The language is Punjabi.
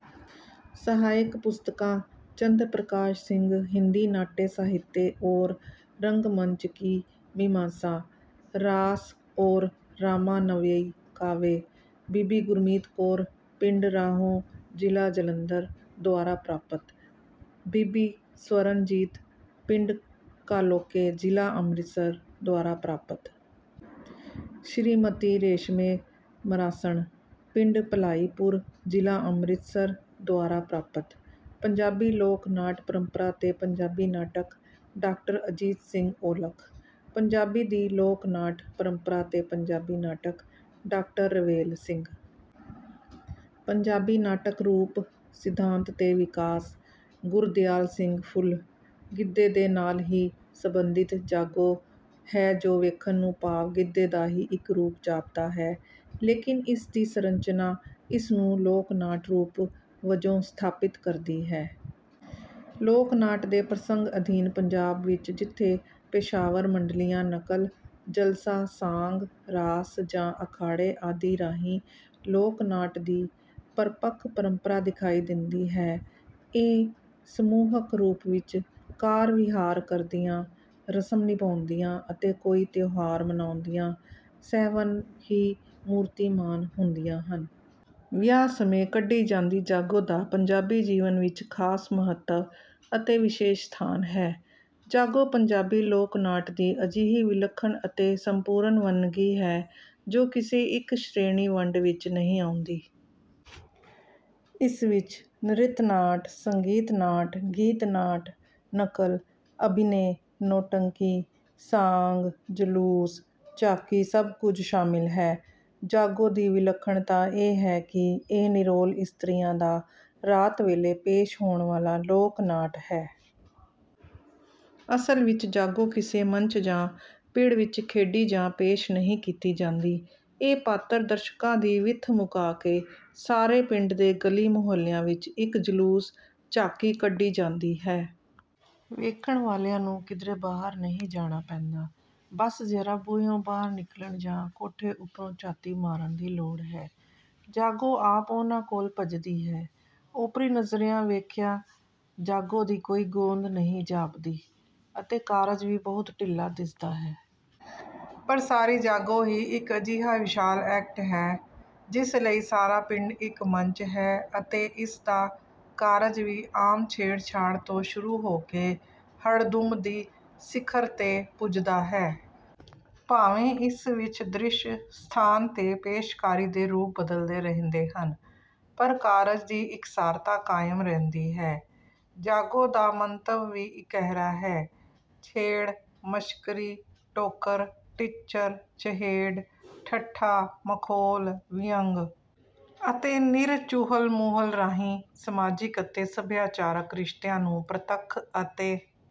ਸਹਾਇਕ ਪੁਸਤਕਾਂ: ਚੰਦ ਪ੍ਰਕਾਸ਼ ਸਿੰਘ ਹਿੰਦੀ ਨਾਟਯ ਸਾਹਿਤਯ ਔਰ ਰੰਗ-ਮੰਚ ਕੀ ਮੀਮਾਂਸਾ। ਰਾਸ ਔਰ ਰਾਮਾਨਵਯੀ ਕਾਵਯ। ਬੀਬੀ ਗੁਰਮੀਤ ਕੌਰ, ਪਿੰਡ ਰਾਹੋਂ ਜ਼ਿਲ੍ਹਾ ਜਲੰਧਰ ਦੁਆਰਾ ਪ੍ਰਾਪਤ। ਬੀਬੀ ਸਵਰਨਜੀਤ, ਪਿੰਡ ਕਾਲੋਕੇ ਜ਼ਿਲ੍ਹਾ ਅੰਮ੍ਰਿਤਸਰ ਦੁਆਰਾ ਪ੍ਰਾਪਤ। ਸ੍ਰੀਮਤੀ ਰੇਸ਼ਮੇ ਮਰਾਸਣ, ਪਿੰਡ ਭਲਾਈਪੁਰ, ਜ਼ਿਲ੍ਹਾ ਅੰਮ੍ਰਿਤਸਰ ਦੁਆਰਾ ਪ੍ਰਾਪਤ। ਪੰਜਾਬੀ ਲੋਕ ਨਾਟ ਪਰੰਪਰਾ ਤੇ ਪੰਜਾਬੀ ਨਾਟਕ – ਡਾਕਟਰ ਅਜੀਤ ਸਿੰਘ ਔਲਖ। ਪੰਜਾਬੀ ਦੀ ਲੋਕ ਨਾਟ ਪਰੰਪਰਾ ਤੇ ਪੰਜਾਬੀ ਨਾਟਕ – ਡਾਕਟਰ ਰਵੇਲ ਸਿੰਘ। ਪੰਜਾਬੀ ਨਾਟਕ ਰੂਪ, ਸਿਧਾਂਤ ਤੇ ਵਿਕਾਸ – ਗੁਰਦਿਆਲ ਸਿੰਘ ਫੁੱਲ। ਗਿੱਧੇ ਦੇ ਨਾਲ ਹੀ ਸੰਬੰਧਿਤ 'ਜਾਗੋ' ਹੈ ਜੋ ਵੇਖਣ ਨੂੰ ਭਾਵ ਗਿੱਧੇ ਦਾ ਹੀ ਇੱਕ ਰੂਪ ਜਾਪਦਾ ਹੈ, ਲੇਕਿਨ ਇਸ ਦੀ ਸੰਰਚਨਾ ਇਸ ਨੂੰ ਲੋਕ ਨਾਟ ਰੂਪ ਵਜੋਂ ਸਥਾਪਿਤ ਕਰਦੀ ਹੈ। ਲੋਕ ਨਾਟ ਦੇ ਪ੍ਰਸੰਗ ਅਧੀਨ ਪੰਜਾਬ ਵਿੱਚ ਜਿੱਥੇ ਪੇਸ਼ਾਵਰ ਮੰਡਲੀਆਂ ਨਕਲ, ਜਲਸਾ, ਸਾਂਗ, ਰਾਸ ਜਾਂ ਅਖਾੜੇ ਆਦਿ ਰਾਹੀਂ ਲੋਕ ਨਾਟ ਦੀ ਪਰਪੱਕ ਪਰੰਪਰਾ ਦਿਖਾਈ ਦਿੰਦੀ ਹੈ। ਇਹ ਸਮੂਹਕ ਰੂਪ ਵਿੱਚ ਕਾਰ-ਵਿਹਾਰ ਕਰਦਿਆਂ, ਰਸਮ ਨਿਭਾਉਂਦਿਆਂ ਅਤੇ ਕੋਈ ਤਿਉਹਾਰ ਮਨਾਉਂਦਿਆਂ ਸਹਿਵਨ ਹੀ ਮੂਰਤੀਮਾਨ ਹੁੰਦੀਆਂ ਹਨ। ਵਿਆਹ ਸਮੇਂ ਕੱਢੀ ਜਾਂਦੀ ਜਾਗੋ ਦਾ ਪੰਜਾਬੀ ਜੀਵਨ ਵਿੱਚ ਖ਼ਾਸ ਮਹੱਤਵ ਅਤੇ ਵਿਸ਼ੇਸ਼ ਸਥਾਨ ਹੈ। ਜਾਗੋ ਪੰਜਾਬੀ ਲੋਕ ਨਾਟ ਦੀ ਅਜਿਹੀ ਵਿਲੱਖਣ ਅਤੇ ਸੰਪੂਰਨ ਵੰਨਗੀ ਹੈ, ਜੋ ਕਿਸੇ ਇੱਕ ਸ਼੍ਰੇਣੀ-ਵੰਡ ਵਿੱਚ ਨਹੀਂ ਆਉਂਦੀ। ਇਸ ਵਿੱਚ ਨ੍ਰਿਤ ਨਾਟ, ਸੰਗੀਤ ਨਾਟ, ਗੀਤ ਨਾਟ, ਨਕਲ, ਅਭਿਨਯ, ਨੌਟੰਕੀ, ਸਾਂਗ, ਜਲੂਸ, ਝਾਕੀ ਸਭ ਕੁੱਝ ਸ਼ਾਮਿਲ ਹੈ। ਜਾਗੋ ਦੀ ਵਿਲੱਖਣਤਾ ਇਹ ਹੈ ਕਿ ਇਹ ਨਿਰੋਲ ਇਸਤਰੀਆਂ ਦਾ ਰਾਤ ਵੇਲੇ ਪੇਸ਼ ਹੋਣ ਵਾਲਾ ਲੋਕ ਨਾਟ ਹੈ। ਅਸਲ ਵਿੱਚ ਜਾਗੋ ਕਿਸੇ ਮੰਚ ਜਾਂ ਪਿੜ ਵਿੱਚ ਖੇਡੀ ਜਾਂ ਪੇਸ਼ ਨਹੀਂ ਕੀਤੀ ਜਾਂਦੀ। ਇਹ ਪਾਤਰ ਦਰਸ਼ਕਾਂ ਦੀ ਵਿੱਥ ਮੁਕਾ ਕੇ ਸਾਰੇ ਪਿੰਡ ਦੇ ਗਲੀ ਮੁਹੱਲਿਆਂ ਵਿੱਚ ਇੱਕ ਜਲੂਸ, ਝਾਕੀ ਕੱਢੀ ਜਾਂਦੀ ਹੈ। ਵੇਖਣ ਵਾਲਿਆਂ ਨੂੰ ਕਿਧਰੇ ਬਾਹਰ ਨਹੀਂ ਜਾਣਾ ਪੈਂਦਾ। ਬਸ ਜ਼ਰਾ ਬੂਹਿਓਂ ਬਾਹਰ ਨਿਕਲਣ ਜਾਂ ਕੋਠੇ ਉੱਪਰੋਂ ਝਾਤੀ ਮਾਰਨ ਦੀ ਲੋੜ ਹੈ। ਜਾਗੋ ਆਪ ਉਹਨਾਂ ਕੋਲ ਪੱਜਦੀ ਹੈ। ਓਪਰੀ ਨਜ਼ਰਿਆਂ ਵੇਖਿਆ ਜਾਗੋ ਦੀ ਕੋਈ ਗੋਂਦ ਨਹੀਂ ਜਾਪਦੀ ਅਤੇ ਕਾਰਜ ਵੀ ਬਹੁਤ ਢਿੱਲਾ ਦਿਸਦਾ ਹੈ। ਪਰ ਸਾਰੀ ਜਾਗੋ ਹੀ ਇੱਕ ਅਜਿਹਾ ਵਿਸ਼ਾਲ ਐਕਟ ਹੈ ਜਿਸ ਲਈ ਸਾਰਾ ਪਿੰਡ ਇੱਕ ਮੰਚ ਹੈ ਅਤੇ ਇਸ ਦਾ ਕਾਰਜ ਵੀ ਆਮ ਛੇੜ-ਛਾੜ ਤੋਂ ਸ਼ੁਰੂ ਹੋ ਕੇ ਹੜਦੁੰਬ ਦੀ ਸਿਖਰ ਤੇ ਪੁੱਜਦਾ ਹੈ। ਭਾਵੇਂ ਇਸ ਵਿੱਚ ਦ੍ਰਿਸ਼, ਸਥਾਨ ਤੇ ਪੇਸ਼ਕਾਰੀ ਦੇ ਰੂਪ ਬਦਲਦੇ ਰਹਿੰਦੇ ਹਨ ਪਰ ਕਾਰਜ ਦੀ ਇਕਸਾਰਤਾ ਕਾਇਮ ਰਹਿੰਦੀ ਹੈ। ਜਾਗੋ ਦਾ ਮੰਤਵ ਵੀ ਇਕਹਿਰਾ ਹੈ। ਛੇੜ, ਮਸ਼ਕਰੀ, ਟੋਕਰ, ਟਿੱਚਰ, ਚਹੇਡ, ਠੱਠਾ, ਮਖੌਲ, ਵਿਅੰਗ ਅਤੇ ਨਿਰ ਚੁਹਲ-ਮੁਹਲ ਰਾਹੀਂ ਸਮਾਜਿਕ ਅਤੇ ਸਭਿਆਚਾਰਕ ਰਿਸ਼ਤਿਆਂ ਨੂੰ ਪ੍ਰਤੱਖ ਅਤੇ